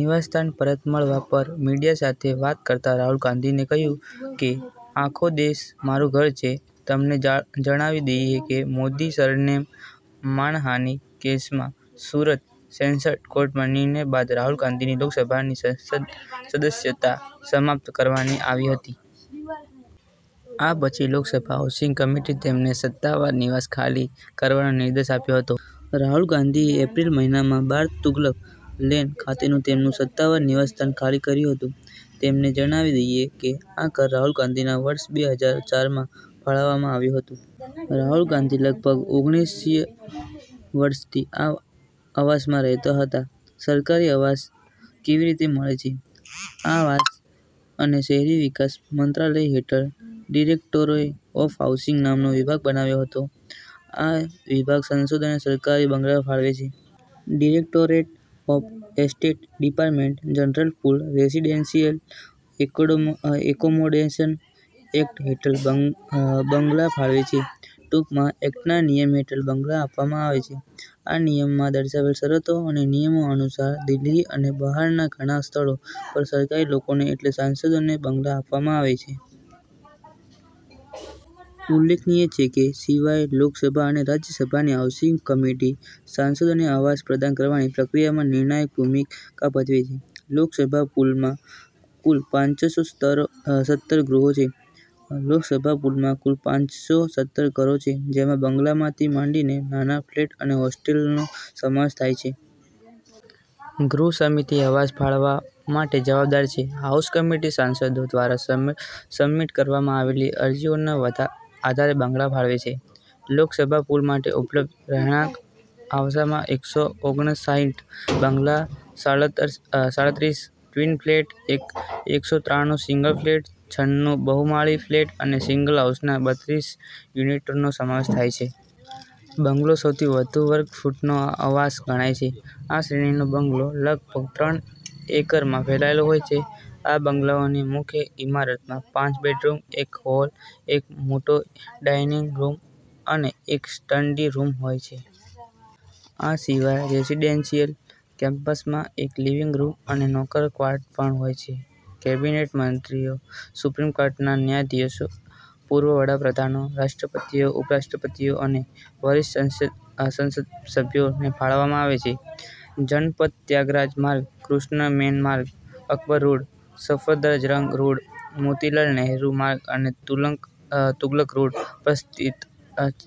નિવાસસ્થાન પરત મળવા પર મીડિયા સાથે વાત કરતા રાહુલ ગાંધીએ કહ્યું કે, આખો દેશ મારું ઘર છે. તમને જણાવી દઈએ કે, મોદી સરનેમ માનહાનિ કેસમાં સુરત સેશન્સ કોર્ટના નિર્ણય બાદ રાહુલ ગાંધીની લોકસભાની સદસ્યતા સમાપ્ત કરવામાં આવી હતી. આ પછી લોકસભા હાઉસિંગ કમિટીએ તેમને સત્તાવાર નિવાસ ખાલી કરવાનો નિર્દેશ આપ્યો હતો. રાહુલ ગાંધીએ એપ્રિલ મહિનામાં બાર તુગલક લેન ખાતેનું તેમનું સત્તાવાર નિવાસસ્થાન ખાલી કર્યું હતું. તમને જણાવી દઈએ કે, આ ઘર રાહુલ ગાંધીને વર્ષ બે હજાર ચારમાં ફાળવવામાં આવ્યું હતું. રાહુલ ગાંધી લગભગ ઓગણીષ વર્ષથી આ આવાસમાં રહેતા હતા. સરકારી આવાસ કેવી રીતે મળે છે? આવાસ અને શહેરી વિકાસ મંત્રાલય હેઠળ ડિરેક્ટોરેટ ઓફ હાઉસિંગ નામનો વિભાગ બનાવવામાં આવ્યો હતો. આ વિભાગ સાંસદોને સરકારી બંગલા ફાળવે છે. Directorate of estate department general pool residential એકોડો એકોમોડેશન એક્ટ હેઠળ બંગલા ફાળવે છે, ટૂંકમાં એક્ટના નિયમ હેઠળ બંગલા આપવામાં આવે છે. આ નિયમમાં દર્શાવેલ શરતો અને નિયમો અનુસાર દિલ્હી અને બહારના ઘણા સ્થળો પર સરકારી લોકોને એટલે સાંસદોને બંગલા આપવામાં આવે છે. ઉલ્લેખનીય છે કે, સિવાય, લોકસભા અને રાજ્યસભાની હાઉસિંગ કમિટી સાંસદોને આવાસ પ્રદાન કરવાની પ્રક્રિયામાં નિર્ણાયક ભૂમિકા ભજવે છે. લોકસભા પૂલમાં કુલ પાંચસો સત્તર ગૃહો છે, લોકસભા પૂલમાં કુલ પાંચસો સત્તર ઘરો છે, જેમાં બંગલાથી માંડીને નાના ફ્લેટ અને હોસ્ટેલનો સમાવેશ થાય છે. ગૃહ સમિતિ આવાસ ફાળવવા માટે જવાબદાર છે. હાઉસ કમિટી સાંસદો દ્વારા સબમિટ કરવામાં આવેલી અરજીઓના આધારે બંગલા ફાળવે છે. લોકસભા પૂલ માટે ઉપલબ્ધ રહેણાંક આવાસમાં એકસો ઓગણસાહિઠ બંગલા, સાળતરીસ ટ્વીન ફ્લેટ, એકસો ત્રાણુ સિંગલ ફ્લેટ, છન્નું બહુમાળી ફ્લેટ અને સિંગલ હાઉસના બત્રીસ યુનિટનો સમાવેશ થાય છે. બંગલો સૌથી વધુ વર્ગ ફૂટનો આવાસ ગણાય છે. આ શ્રેણીનો બંગલો લગભગ ત્રણ એકરમાં ફેલાયેલો હોય છે. આ બંગલોની મુખ્ય ઇમારતમાં પાંચ બેડરૂમ, એક હોલ, એક મોટો ડાઇનિંગ રૂમ અને એક સ્ટેન્ડી રૂમ હોય છે. આ સિવાય રેસિડેન્શિયલ કેમ્પસમાં એક લિવિંગ રૂમ અને નોકર ક્વાર્ટર પણ હોય છે. કેબિનેટ મંત્રીઓ, સુપ્રીમ કોર્ટના ન્યાયાધીશો, પૂર્વ વડા પ્રધાનો રાષ્ટ્રપતિઓ/ઉપ-રાષ્ટ્રપતિઓ અને વરિષ્ઠ સંસદસભ્યોને ફાળવવામાં આવે છે. જનપથ ત્યાગરાજ માર્ગ, કૃષ્ણ મેન માર્ગ, અકબર રોડ, સફદરજંગ રોડ, મોતીલાલ નહેરુ માર્ગ અને તુગલક રોડ પર સ્થિત છે.